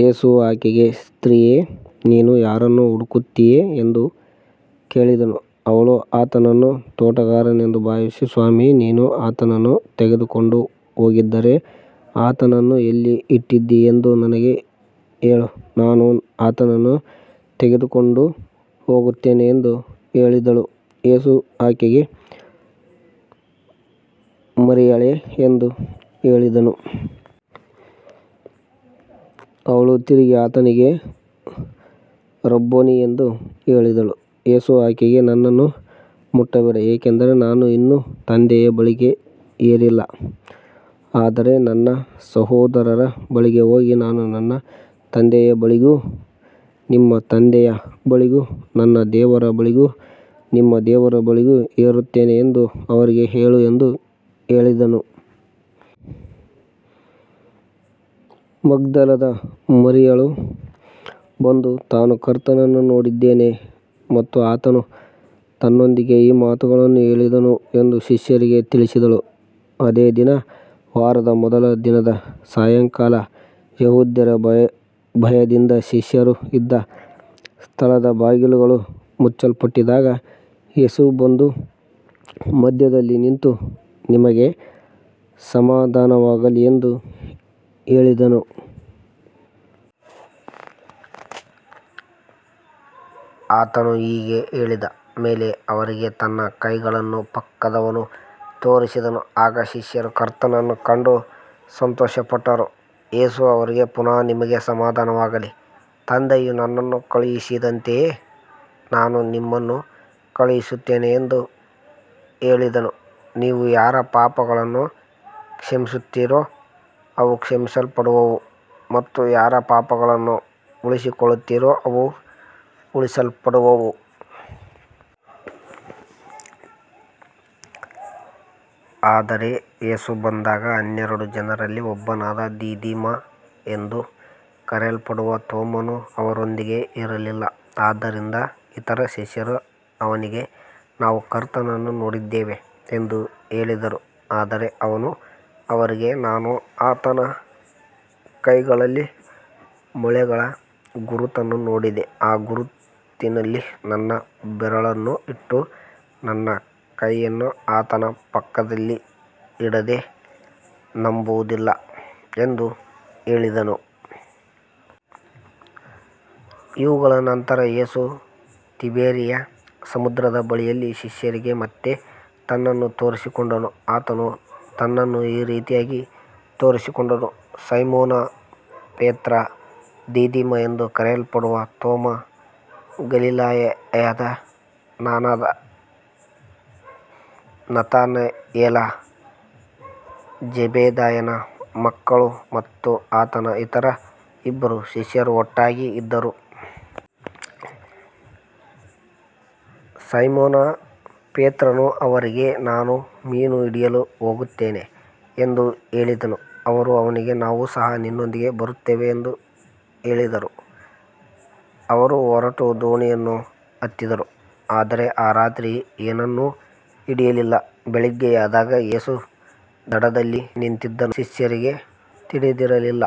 ಯೇಸು ಆಕೆಗೆ, ಸ್ತ್ರೀಯೇ, ನೀನು ಯಾರನ್ನು ಹುಡುಕುತ್ತೀಯೆ ಎಂದು ಕೇಳಿದನು. ಅವಳು ಆತನನ್ನು ತೋಟಗಾರನೆಂದು ಭಾವಿಸಿ, ಸ್ವಾಮಿ, ನೀನು ಆತನನ್ನು ತೆಗೆದುಕೊಂಡು ಹೋಗಿದ್ದರೆ, ಆತನನ್ನು ಎಲ್ಲಿ ಇಟ್ಟಿದ್ದೀಯೆಂದು ನನಗೆ ಹೇಳು, ನಾನು ಆತನನ್ನು ತೆಗೆದುಕೊಂಡು ಹೋಗುತ್ತೇನೆ ಎಂದು ಹೇಳಿದಳು. ಯೇಸು ಆಕೆಗೆ, ಮರಿಯಳೇ ಎಂದು ಹೇಳಿದನು. ಅವಳು ತಿರುಗಿ ಆತನಿಗೆ, ರಬ್ಬೋನಿ ಎಂದು ಹೇಳಿದಳು. ಯೇಸು ಆಕೆಗೆ, ನನ್ನನ್ನು ಮುಟ್ಟಬೇಡ, ಏಕೆಂದರೆ ನಾನು ಇನ್ನೂ ತಂದೆಯ ಬಳಿಗೆ ಏರಿಲ್ಲ. ಆದರೆ ನನ್ನ ಸಹೋದರರ ಬಳಿಗೆ ಹೋಗಿ, ನಾನು ನನ್ನ ತಂದೆಯ ಬಳಿಗೂ ನಿಮ್ಮ ತಂದೆಯ ಬಳಿಗೂ, ನನ್ನ ದೇವರ ಬಳಿಗೂ ನಿಮ್ಮ ದೇವರ ಬಳಿಗೂ ಏರುತ್ತೇನೆ ಎಂದು ಅವರಿಗೆ ಹೇಳು ಎಂದು ಹೇಳಿದನು. ಮಗ್ದಲದ ಮರಿಯಳು ಬಂದು, ತಾನು ಕರ್ತನನ್ನು ನೋಡಿದ್ದೇನೆ ಮತ್ತು ಆತನು ತನ್ನೊಂದಿಗೆ ಈ ಮಾತುಗಳನ್ನು ಹೇಳಿದನು ಎಂದು ಶಿಷ್ಯರಿಗೆ ತಿಳಿಸಿದಳು. ಅದೇ ದಿನ, ವಾರದ ಮೊದಲ ದಿನದ ಸಾಯಂಕಾಲ, ಯೆಹೂದ್ಯರ ಭಯದಿಂದ ಶಿಷ್ಯರು ಇದ್ದ ಸ್ಥಳದ ಬಾಗಿಲುಗಳು ಮುಚ್ಚಲ್ಪಟ್ಟಿದ್ದಾಗ, ಯೇಸು ಬಂದು ಮಧ್ಯದಲ್ಲಿ ನಿಂತು, ನಿಮಗೆ ಸಮಾಧಾನವಾಗಲಿ ಎಂದು ಹೇಳಿದನು. ಆತನು ಹೀಗೆ ಹೇಳಿದ ಮೇಲೆ ಅವರಿಗೆ ತನ್ನ ಕೈಗಳನ್ನೂ ಪಕ್ಕವನ್ನೂ ತೋರಿಸಿದನು. ಆಗ ಶಿಷ್ಯರು ಕರ್ತನನ್ನು ಕಂಡು ಸಂತೋಷಪಟ್ಟರು. ಯೇಸು ಅವರಿಗೆ ಪುನಃ, ನಿಮಗೆ ಸಮಾಧಾನವಾಗಲಿ, ತಂದೆಯು ನನ್ನನ್ನು ಕಳುಹಿಸಿದಂತೆಯೇ ನಾನು ನಿಮ್ಮನ್ನು ಕಳುಹಿಸುತ್ತೇನೆ ಎಂದು ಹೇಳಿದನು. ನೀವು ಯಾರ ಪಾಪಗಳನ್ನು ಕ್ಷಮಿಸುತ್ತೀರೋ ಅವು ಕ್ಷಮಿಸಲ್ಪಡುವವು, ಮತ್ತು ಯಾರ ಪಾಪಗಳನ್ನು ಉಳಿಸಿಕೊಳ್ಳುತ್ತೀರೋ ಅವು ಉಳಿಸಲ್ಪಡುವವು. ಆದರೆ ಯೇಸು ಬಂದಾಗ ಹನ್ನೆರಡು ಜನರಲ್ಲಿ ಒಬ್ಬನಾದ ದಿದಿಮ ಎಂದು ಕರೆಯಲ್ಪಡುವ ತೋಮನು ಅವರೊಂದಿಗೆ ಇರಲಿಲ್ಲ. ಆದ್ದರಿಂದ ಇತರ ಶಿಷ್ಯರು ಅವನಿಗೆ, ನಾವು ಕರ್ತನನ್ನು ನೋಡಿದ್ದೇವೆ ಎಂದು ಹೇಳಿದರು. ಆದರೆ ಅವನು ಅವರಿಗೆ, ನಾನು ಆತನ ಕೈಗಳಲ್ಲಿ ಮೊಳೆಗಳ ಗುರುತನ್ನು ನೋಡದೆ, ಆ ಗುರುತಿನಲ್ಲಿ ನನ್ನ ಬೆರಳನ್ನು ಇಟ್ಟು, ನನ್ನ ಕೈಯನ್ನು ಆತನ ಪಕ್ಕದಲ್ಲಿ ಇಡದೆ ನಂಬುವುದಿಲ್ಲ ಎಂದು ಹೇಳಿದನು. ಇವುಗಳ ನಂತರ ಯೇಸು ತಿಬೇರಿಯ ಸಮುದ್ರದ ಬಳಿಯಲ್ಲಿ ಶಿಷ್ಯರಿಗೆ ಮತ್ತೆ ತನ್ನನ್ನು ತೋರಿಸಿಕೊಂಡನು. ಆತನು ತನ್ನನ್ನು ಈ ರೀತಿಯಾಗಿ ತೋರಿಸಿಕೊಂಡನು. ಸೈಮೋನ ಪೇತ್ರ, ದಿದಿಮ ಎಂದು ಕರೆಯಲ್ಪಡುವ ತೋಮ, ಗಲಿಲಾಯದ ಕಾನಾದ ನತಾನಯೇಲ, ಜೆಬೆದಾಯನ ಮಕ್ಕಳು ಮತ್ತು ಆತನ ಇತರ ಇಬ್ಬರು ಶಿಷ್ಯರು ಒಟ್ಟಾಗಿ ಇದ್ದರು. ಸೈಮೋನ ಪೇತ್ರನು ಅವರಿಗೆ, ನಾನು ಮೀನು ಹಿಡಿಯಲು ಹೋಗುತ್ತೇನೆ ಎಂದು ಹೇಳಿದನು. ಅವರು ಅವನಿಗೆ, ನಾವು ಸಹ ನಿನ್ನೊಂದಿಗೆ ಬರುತ್ತೇವೆ ಎಂದು ಹೇಳಿದರು. ಅವರು ಹೊರಟು ದೋಣಿಯನ್ನು ಹತ್ತಿದರು, ಆದರೆ ಆ ರಾತ್ರಿ ಏನನ್ನೂ ಹಿಡಿಯಲಿಲ್ಲ. ಬೆಳಿಗ್ಗೆಯಾದಾಗ ಯೇಸು ದಡದಲ್ಲಿ ನಿಂತಿದ್ದನು, ಆದರೆ ಅದು ಯೇಸು ಎಂದು ಶಿಷ್ಯರಿಗೆ ತಿಳಿದಿರಲಿಲ್ಲ.